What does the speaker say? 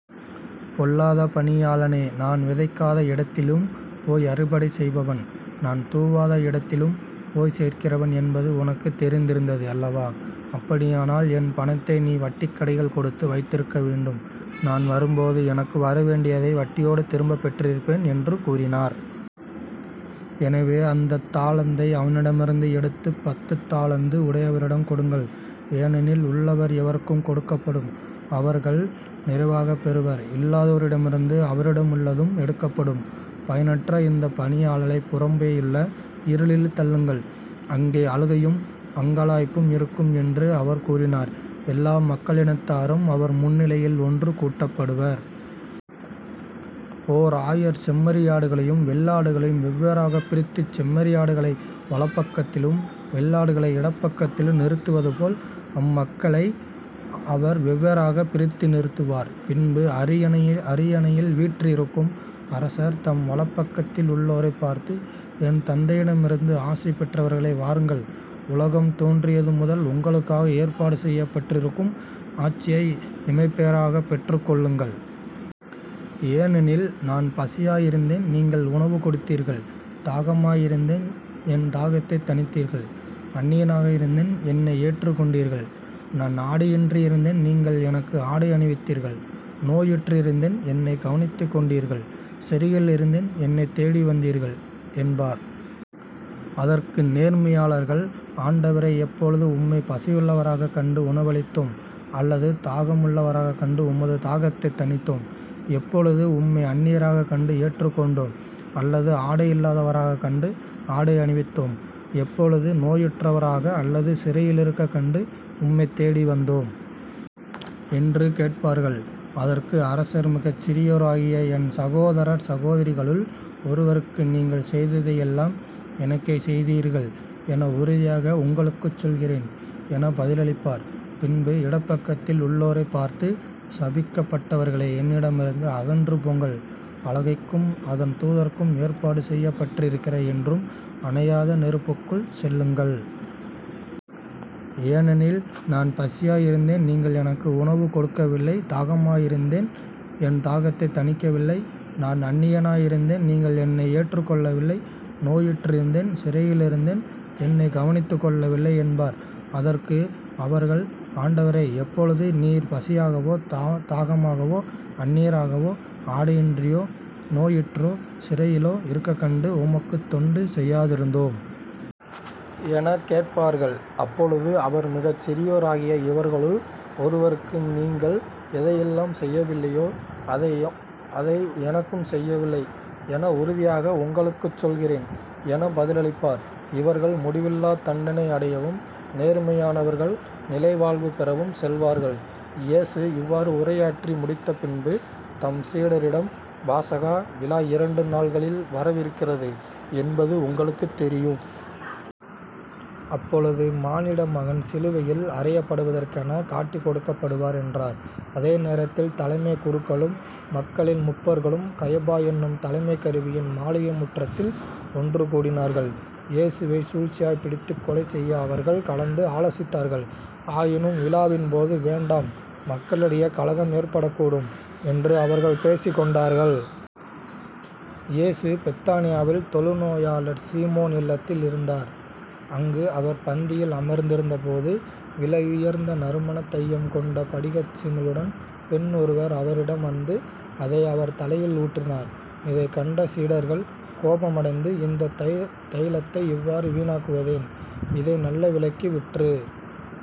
பொல்லாத பணியாளனே நான் விதைக்காத இடத்திலும் போய் அறுவடை செய்பவன். நான் தூவாத இடத்திலும் போய் சேர்க்கிறவன் என்பது உனக்குத் தெரிந்திருந்தது அல்லவா? அப்படியானால் என் பணத்தை நீ வட்டிக் கடையில் கொடுத்து வைத்திருக்க வேண்டும். நான் வரும்போது எனக்கு வரவேண்டியதை வட்டியோடு திரும்பப் பெற்றிருப்பேன் என்று கூறினார். எனவே அந்தத் தாலந்தை அவனிடமிருந்து எடுத்துப் பத்துத் தாலந்து உடையவரிடம் கொடுங்கள். ஏனெனில் உள்ளவர் எவருக்கும் கொடுக்கப்படும். அவர்கள் நிறைவாகப் பெறுவர். இல்லாதோரிடமிருந்து அவரிடமுள்ளதும் எடுக்கப்படும். பயனற்ற இந்தப் பணியாளைப் புறம்பேயுள்ள இருளில் தள்ளுங்கள். அங்கே அழுகையும் அங்கலாய்ப்பும் இருக்கும் என்று அவர் கூறினார். எல்லா மக்களினத்தாரும் அவர் முன்னிலையில் ஒன்று கூட்டப்படுவர். ஓர் ஆயர் செம்மறியாடுகளையும் வெள்ளாடுகளையும் வெவ்வேறாகப் பிரித்துச் செம்மறியாடுகளை வலப்பக்கத்திலும் வெள்ளாடுகளை இடப்பக்கத்திலும் நிறுத்துவதுபோல் அம்மக்களை அவர் வெவ்வேறாகப் பிரித்து நிறுத்துவார். பின்பு அரியணையில் வீற்றிருக்கும் அரசர் தம் வலப்பக்கத்தில் உள்ளோரைப் பார்த்து என் தந்தையிடமிருந்து ஆசி பெற்றவர்களே வாருங்கள் உலகம் தோன்றியது முதல் உங்களுக்காக ஏற்பாடு செய்யப்பட்டிருக்கும் ஆட்சியை இமைப்பேறாகப் பெற்றுக்கொள்ளுங்கள். ஏனெனில் நான் பசியாய் இருந்தேன் நீங்கள் உணவு கொடுத்தீர்கள் தாகமாய் இருந்தேன் என் தாகத்தைத் தணித்தீர்கள் அன்னியனாக இருந்தேன் என்னை ஏற்றுக் கொண்டீர்கள் நான் ஆடையின்றி இருந்தேன் நீங்கள் எனக்கு ஆடை அணிவித்தீர்கள் நோயுற்றிருந்தேன் என்னைக் கவனித்துக் கொண்டீர்கள் சிறையில் இருந்தேன் என்னைத் தேடி வந்தீர்கள் என்பார். அதற்கு நேர்மையாளர்கள் ஆண்டவரே எப்பொழுது உம்மைப் பசியுள்ளவராகக் கண்டு உணவளித்தோம் அல்லது தாகமுள்ளவராகக் கண்டு உமது தாகத்தைத் தணித்தோம்? எப்பொழுது உம்மை அன்னியராகக் கண்டு ஏற்றுக் கொண்டோம்? அல்லது ஆடை இல்லாதவராகக் கண்டு ஆடை அணிவித்தோம்? எப்பொழுது நோயுற்றவராக அல்லது சிறையில் இருக்கக் கண்டு உம்மைத்தேடி வந்தோம்? என்று கேட்பார்கள். அதற்கு அரசர் மிகச் சிறியோராகிய என் சகோதரர் சகோதரிகளுள் ஒருவருக்கு நீங்கள் செய்ததையெல்லாம் எனக்கே செய்தீர்கள் என உறுதியாக உங்களுக்குச் சொல்லுகிறேன் எனப் பதிலளிப்பார். பின்பு இடப்பக்கத்தில் உள்ளோரைப் பார்த்து சபிக்கப் பட்டவர்களே என்னிடமிருந்து அகன்று போங்கள். அலகைக்கும் அதன் தூதருக்கும் ஏற்பாடு செய்யப்பட்டிருக்கிற என்றும் அணையாத நெருப்புக்குள் செல்லுங்கள். ஏனெனில் நான் பசியாய் இருந்தேன் நீங்கள் எனக்கு உணவு கொடுக்கவில்லை தாகமாயிருந்தேன் என் தாகத்தைத் தணிக்கவில்லை. நான் அன்னியனாய் இருந்தேன் நீங்கள் என்னை ஏற்றுக் கொள்ளவில்லை. நோயுற்றிருந்தேன் சிறையிலிருந்தேன் என்னைக் கவனித்துக் கொள்ளவில்லை என்பார். அதற்கு அவர்கள் ஆண்டவரே எப்பொழுது நீர் பசியாகவோ தாகமாகவோ அன்னியராகவோ ஆடையின்றியோ நோயுற்றோ சிறையிலோ இருக்கக் கண்டு உமக்குத் தொண்டு செய்யாதிருந்தோம்? எனக் கேட்பார்கள். அப்பொழுது அவர் மிகச் சிறியோராகிய இவர்களுள் ஒருவருக்கு நீங்கள் எதையெல்லாம் செய்யவில்லையோ அதை எனக்கும் செய்யவில்லை என உறுதியாக உங்களுக்குச் சொல்கிறேன் எனப் பதிலளிப்பார். இவர்கள் முடிவில்லாத் தண்டனை அடையவும் நேர்மையாளர்கள் நிலை வாழ்வு பெறவும் செல்வார்கள். இயேசு இவ்வாறு உரையாற்றி முடித்த பின்பு தம் சீடரிடம் பாஸகா விழா இரண்டு நாள்களில் வரவிருக்கிறது என்பது உங்களுக்குத் தெரியும். அப்பொழுது மானிட மகன் சிலுவையில் அறையப்படுவதற்கெனக் காட்டிக்கொடுக்கப் படுவார் என்றார். அதே நேரத்தில் தலைமைக் குருக்களும் மக்களின் முப்பர்களும் கயபா என்னும் தலைமைக் குருவின் மாளிகை முற்றத்தில் ஒன்று கூடினார்கள். இயேசுவைச் சூழ்ச்சியாய்ப் பிடித்துக் கொலை செய்ய அவர்கள் கலந்து ஆலோசித்தார்கள். ஆயினும் விழாவின்போது வேண்டாம் மக்களிடையே கலகம் ஏற்படக்கூடும் என்று அவர்கள் பேசிக் கொண்டார்கள். இயேசு பெத்தானியாவில் தொழுநோயாளர் சீமோன் இல்லத்தில் இருந்தார். அங்கு அவர் பந்தியில் அமர்ந்திருந்தபோது விலையுயர்ந்த நறுமணத் தையம் கொண்ட படிகச் சிமிழுடன் பெண் ஒருவர் அவரிடம் வந்து அதை அவர் தலையில் ஊற்றினார். இதைக் கண்ட சீடர்கள் கோபமடைந்து இந்தத் தைலத்தை இவ்வாறு வீணாக்குவதேன்? இதை நல்ல விலைக்கு விற்று